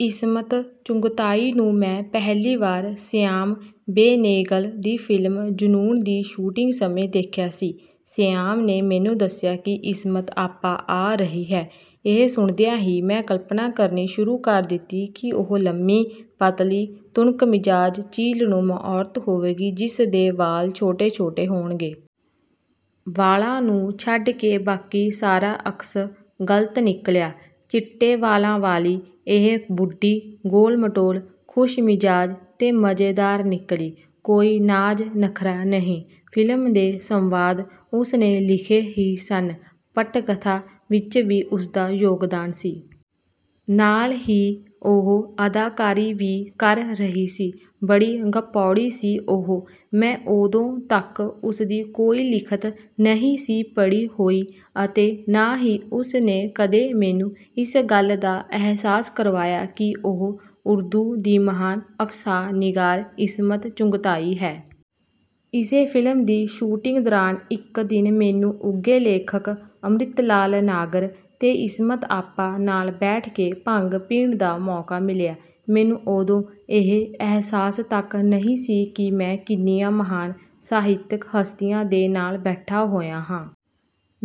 ਇਸਮਤ ਚੁਗਤਾਈ ਨੂੰ ਮੈਂ ਪਹਿਲੀ ਵਾਰ ਸ਼ਿਆਮ ਬੇਨੇਗਲ ਦੀ ਫ਼ਿਲਮ 'ਜੁਨੂਨ' ਦੀ ਸ਼ੂਟਿੰਗ ਸਮੇਂ ਦੇਖਿਆ ਸੀ। ਸ਼ਿਆਮ ਨੇ ਮੈਨੂੰ ਦੱਸਿਆ ਕਿ 'ਇਸਮਤ ਆਪਾ' ਆ ਰਹੀ ਹੈ। ਇਹ ਸੁਣਦਿਆਂ ਹੀ ਮੈਂ ਕਲਪਨਾ ਕਰਨੀ ਸ਼ੁਰੂ ਕਰ ਦਿੱਤੀ ਕਿ ਉਹ ਲੰਮੀ, ਪਤਲੀ, ਤੁਨਕ-ਮਿਜ਼ਾਜ, ਚੀਲਨੁਮਾ ਔਰਤ ਹੋਵੇਗੀ ਜਿਸ ਦੇ ਵਾਲ ਛੋਟੇ-ਛੋਟੇ ਹੋਣਗੇ। ਵਾਲਾਂ ਨੂੰ ਛੱਡ ਕੇ ਬਾਕੀ ਸਾਰਾ ਅਕਸ ਗ਼ਲਤ ਨਿਕਲਿਆ। ਚਿੱਟੇ ਵਾਲਾਂ ਵਾਲੀ ਇਹ 'ਬੁੱਢੀ' ਗੋਲ-ਮਟੋਲ, ਖੁਸ਼ਮਿਜ਼ਾਜ ਤੇ ਮਜ਼ੇਦਾਰ ਨਿਕਲੀ। ਕੋਈ ਨਾਜ਼-ਨਖ਼ਰਾ ਨਹੀਂ। ਫ਼ਿਲਮ ਦੇ ਸੰਵਾਦ ਉਸ ਨੇ ਲਿਖੇ ਹੀ ਸਨ, ਪਟਕਥਾ ਵਿੱਚ ਵੀ ਉਸਦਾ ਯੋਗਦਾਨ ਸੀ। ਨਾਲ ਹੀ ਉਹ ਅਦਾਕਾਰੀ ਵੀ ਕਰ ਰਹੀ ਸੀ। ਬੜੀ ਗੱਪੋੜੀ ਸੀ ਉਹ। ਮੈਂ ਉਦੋਂ ਤੱਕ ਉਸਦੀ ਕੋਈ ਲਿਖਤ ਨਹੀਂ ਸੀ ਪੜ੍ਹੀ ਹੋਈ ਅਤੇ ਨਾ ਹੀ ਉਸ ਨੇ ਕਦੇ ਮੈਨੂੰ ਇਸ ਗੱਲ ਦਾ ਅਹਿਸਾਸ ਕਰਵਾਇਆ ਕਿ ਉਹ ਉਰਦੂ ਦੀ ਮਹਾਨ ਅਫ਼ਸਾਨਿਗਾਰ ਇਸਮਤ ਚੁਗਤਾਈ ਹੈ। ਇਸੇ ਫ਼ਿਲਮ ਦੀ ਸ਼ੂਟਿੰਗ ਦੌਰਾਨ ਇੱਕ ਦਿਨ ਮੈਨੂੰ ਉੱਘੇ ਲੇਖਕ ਅੰਮ੍ਰਿਤਲਾਲ ਨਾਗਰ ਤੇ ਇਸਮਤ ਆਪਾ ਨਾਲ ਬੈਠ ਕੇ ਭੰਗ ਪੀਣ ਦਾ ਮੌਕਾ ਮਿਲਿਆ। ਮੈਨੂੰ ਉਦੋਂ ਇਹ ਅਹਿਸਾਸ ਤੱਕ ਨਹੀਂ ਸੀ ਕਿ ਮੈਂ ਕਿੰਨੀਆਂ ਮਹਾਨ ਸਾਹਿਤਕ ਹਸਤੀਆਂ ਦੇ ਨਾਲ ਬੈਠਾ ਹੋਇਆ ਹਾਂ।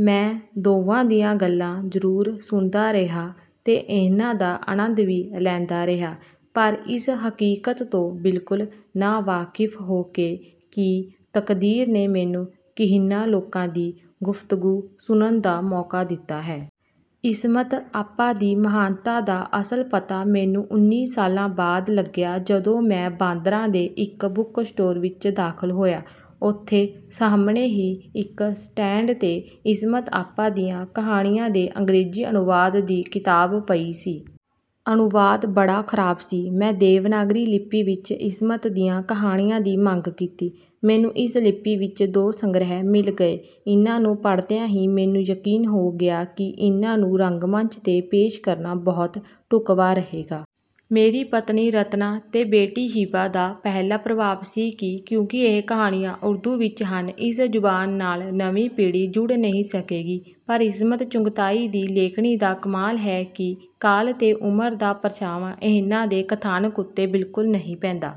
ਮੈਂ ਦੋਵਾਂ ਦੀਆਂ ਗੱਲਾਂ ਜ਼ਰੂਰ ਸੁਣਦਾ ਰਿਹਾ ਤੇ ਇਹਨਾਂ ਦਾ ਆਨੰਦ ਵੀ ਲੈਂਦਾ ਰਿਹਾ, ਪਰ ਇਸ ਹਕੀਕਤ ਤੋਂ ਬਿਲਕੁਲ ਨਾਵਾਕਿਫ਼ ਹੋ ਕੇ ਕਿ ਤਕਦੀਰ ਨੇ ਮੈਨੂੰ ਕਿਹਨਾਂ ਲੋਕਾਂ ਦੀ ਗੁਫ਼ਤਗੂ ਸੁਣਨ ਦਾ ਮੌਕਾ ਦਿੱਤਾ ਹੈ। ਇਸਮਤ ਆਪਾ ਦੀ ਮਹਾਨਤਾ ਦਾ ਅਸਲ ਪਤਾ ਮੈਨੂੰ ਉੱਨੀ ਸਾਲਾਂ ਬਾਅਦ ਲੱਗਿਆ ਜਦੋਂ ਮੈਂ ਬਾਂਦਰਾ ਦੇ ਇੱਕ ਬੁੱਕ ਸਟੋਰ ਵਿੱਚ ਦਾਖ਼ਲ ਹੋਇਆ। ਉੱਥੇ ਸਾਹਮਣੇ ਹੀ ਇੱਕ ਸਟੈਂਡ 'ਤੇ ਇਸਮਤ ਆਪਾ ਦੀਆਂ ਕਹਾਣੀਆਂ ਦੇ ਅੰਗਰੇਜ਼ੀ ਅਨੁਵਾਦ ਦੀ ਕਿਤਾਬ ਪਈ ਸੀ। ਅਨੁਵਾਦ ਬੜਾ ਖਰਾਬ ਸੀ। ਮੈਂ ਦੇਵਨਾਗਰੀ ਲਿੱਪੀ ਵਿੱਚ ਇਸਮਤ ਦੀਆਂ ਕਹਾਣੀਆਂ ਦੀ ਮੰਗ ਕੀਤੀ। ਮੈਨੂੰ ਇਸ ਲਿੱਪੀ ਵਿੱਚ ਦੋ ਸੰਗ੍ਰਹਿ ਮਿਲ ਗਏ। ਇਨ੍ਹਾਂ ਨੂੰ ਪੜ੍ਹਦਿਆਂ ਹੀ ਮੈਨੂੰ ਯਕੀਨ ਹੋ ਗਿਆ ਕਿ ਇਨ੍ਹਾਂ ਨੂੰ ਰੰਗਮੰਚ 'ਤੇ ਪੇਸ਼ ਕਰਨਾ ਬਹੁਤ ਢੁੱਕਵਾਂ ਰਹੇਗਾ। ਮੇਰੀ ਪਤਨੀ ਰਤਨਾ ਤੇ ਬੇਟੀ ਹੀਬਾ ਦਾ ਪਹਿਲਾ ਪ੍ਰਭਾਵ ਸੀ ਕਿ ਕਿਉਂਕਿ ਇਹ ਕਹਾਣੀਆਂ ਉਰਦੂ ਵਿੱਚ ਹਨ, ਇਸ ਜ਼ੁਬਾਨ ਨਾਲ ਨਵੀਂ ਪੀੜ੍ਹੀ ਜੁੜ ਨਹੀਂ ਸਕੇਗੀ। ਪਰ ਇਸਮਤ ਚੁਗਤਾਈ ਦੀ ਲੇਖਣੀ ਦਾ ਕਮਾਲ ਹੈ ਕਿ ਕਾਲ ਤੇ ਉਮਰ ਦਾ ਪਰਛਾਵਾਂ ਇਹਨਾਂ ਦੇ ਕਥਾਨਕ ਉੱਤੇ ਬਿਲਕੁਲ ਨਹੀਂ ਪੈਂਦਾ।